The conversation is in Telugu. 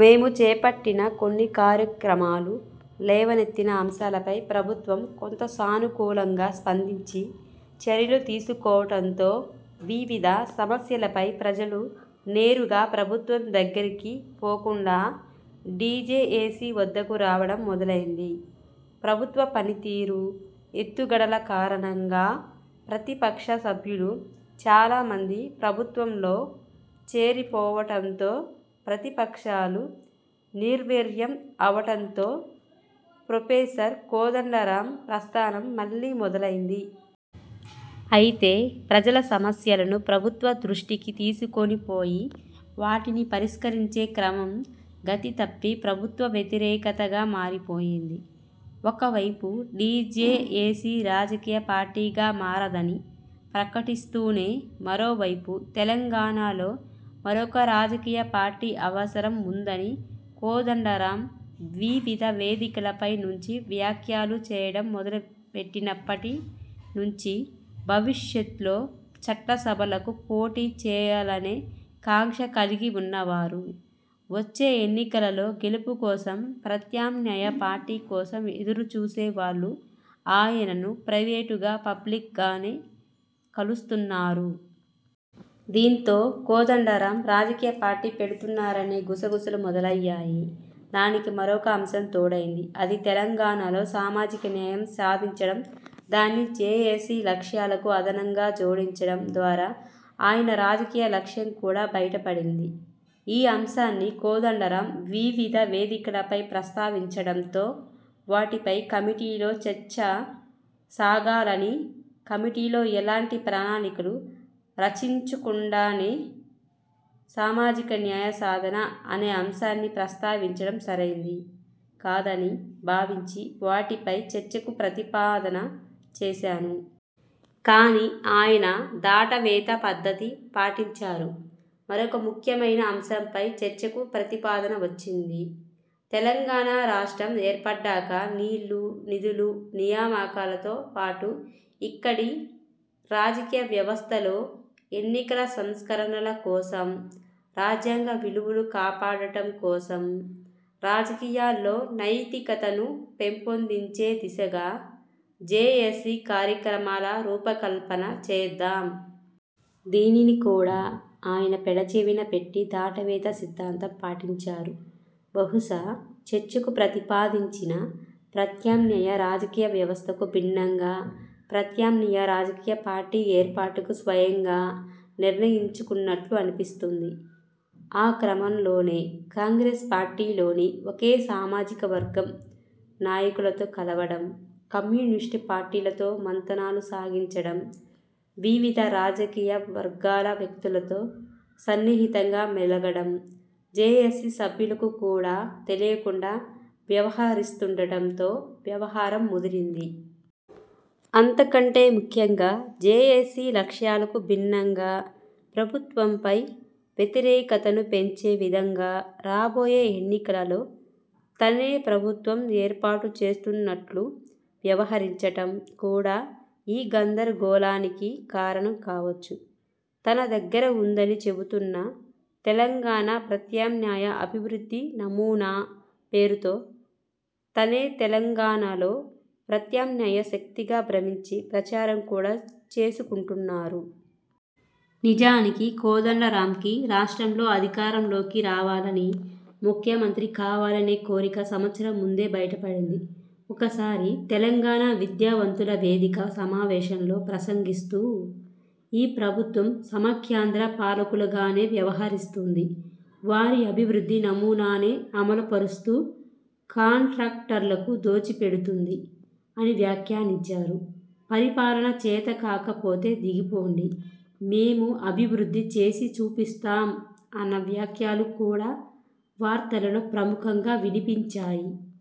మేము చేపట్టిన కొన్ని కార్యక్రమాలు, లేవనెత్తిన అంశాలపై ప్రభుత్వం కొంత సానుకూలంగా స్పందించి చర్యలు తీసుకోవడంతో వివిధ సమస్యలపై ప్రజలు నేరుగా ప్రభుత్వం దగ్గరికి పోకుండా టీజేఏసీ వద్దకు రావడం మొదలైంది. ప్రభుత్వ పనితీరు, ఎత్తుగడల కారణంగా ప్రతిపక్ష సభ్యులు చాలా మంది ప్రభుత్వంలో చేరిపోవడంతో ప్రతిపక్షాలు నిర్వీర్యం అవడంతో ప్రొఫెసర్ కోదండరామ్ ప్రస్థానం మళ్లీ మొదలైంది. అయితే ప్రజల సమస్యలను ప్రభుత్వ దృష్టికి తీసుకొని పోయి వాటిని పరిష్కరించే క్రమం 'గతి తప్పి' ప్రభుత్వ వ్యతిరేకతగా మారిపోయింది. ఒకవైపు టీజేఏసీ రాజకీయ పార్టీగా మారదని ప్రకటిస్తూనే మరోవైపు తెలంగాణలో మరొక రాజకీయ పార్టీ అవసరం ఉందని కోదండరామ్ వివిధ వేదికలపై నుంచి వ్యాఖ్యలు చేయడం మొదలుపెట్టినప్పటి నుంచీ భవిష్యత్లో చట్టసభలకు పోటీ చేయాలనే కాంక్ష కలిగి ఉన్నవారు, వచ్చే ఎన్నికలలో గెలుపు కోసం ప్రత్యామ్నాయ పార్టీ కోసం ఎదురుచూసే వాళ్ళు ఆయనను ప్రైవేటుగా, పబ్లిక్గానే కలుస్తున్నారు. దీంతో కోదండరాం రాజకీయ పార్టీ పెడుతున్నారనే గుసగుసలు మొదలయ్యాయి. దానికి మరొక అంశం తోడైంది. అది 'తెలంగాణలో సామాజిక న్యాయం సాధించడం' దాన్ని జేఏసీ లక్ష్యాలకు అదనంగా జోడించడం ద్వారా ఆయన రాజకీయ లక్ష్యం కూడా బయటపడింది. ఈ అంశాన్ని కోదండరామ్ వివిధ వేదికలపై ప్రస్తావించడంతో వాటిపై కమిటీలో చర్చ సాగాలని కమిటీలో ఎలాంటి ప్రణాళికలు రచించకుండానే సామాజిక న్యాయ సాధన అనే అంశాన్ని ప్రస్తావించడం సరైంది కాదని భావించి వాటిపై చర్చకు ప్రతిపాదన చేశాను. కానీ ఆయన దాటవేత పద్ధతి పాటించారు. మరొక ముఖ్యమైన అంశంపై చర్చకు ప్రతిపాదన వచ్చింది 'తెలంగాణ రాష్ట్రం ఏర్పడ్డాక నీళ్ళు, నిధులు, నియామకాలతో పాటు ఇక్కడి రాజకీయ వ్యవస్థలో ఎన్నికల సంస్కరణల కోసం, రాజ్యాంగ విలువలు కాపాడటం కోసం, రాజకీయాల్లో నైతికతను పెంపొందించే దిశగా జేఏసీ కార్యక్రమాల రూపకల్పన చేద్దాం'. దీనిని కూడా ఆయన పెడచెవిన పెట్టి దాటవేత సిద్ధాంతం పాటించారు. బహుశా చర్చకు ప్రతిపాదించిన ప్రత్యామ్నాయ రాజకీయ వ్యవస్థకు భిన్నంగా ప్రత్యామ్నాయ రాజకీయ పార్టీ ఏర్పాటుకు స్వయంగా నిర్ణయించుకున్నట్లు అనిపిస్తుంది. ఆ క్రమంలోనే కాంగ్రెస్ పార్టీలోని ఒకే సామాజిక వర్గం నాయకులతో కలవడం, కమ్యూనిస్టు పార్టీలతో మంతనాలు సాగించడం వివిధ రాజకీయ వర్గాల వ్యక్తులతో సన్నిహితంగా మెలగడం, జేఏసీ సభ్యులకు కూడా తెలియకుండా వ్యవహరిస్తుండడంతో వ్యవహారం ముదిరింది. అంతకంటే ముఖ్యంగా జేఏసీ లక్ష్యాలకు భిన్నంగా ప్రభుత్వంపై వ్యతిరేకతను పెంచే విధంగా రాబోయే ఎన్నికలలో తనే ప్రభుత్వం ఏర్పాటు చేస్తున్నట్లు వ్యవహరించటం కూడా ఈ గందరగోళానికి కారణం కావచ్చు. తన దగ్గర ఉందని చెబుతున్న 'తెలంగాణ ప్రత్యామ్నాయ అభివృద్ధి నమూనా' పేరుతో తనే తెలంగాణలో ప్రత్యామ్నాయ శక్తిగా భ్రమించి ప్రచారం కూడా చేసుకుంటున్నారు. నిజానికి కోదండరామ్కి రాష్ట్రంలో అధికారంలోకి రావాలని, ముఖ్యమంత్రి కావాలనే 'కోరిక' సంవత్సరం ముందే బయటపడింది. ఒకసారి తెలంగాణ విద్యావంతుల వేదిక సమావేశంలో ప్రసంగిస్తూ 'ఈ ప్రభుత్వం సమైక్యాంధ్ర పాలకులుగానే వ్యవహరిస్తుంది – వారి అభివృద్ధి నమూనానే అమలు పరుస్తూ కాంట్రాక్టర్లకు దోచిపెడుతుంది' అని వ్యాఖ్యానించారు. 'పరిపాలన చేతకాక పోతే దిగిపోండి, మేము అభివృద్ధి చేసి చూపిస్తాం' అన్న వ్యాఖ్యలు కూడా వార్తలలో ప్రముఖంగా వినిపించాయి.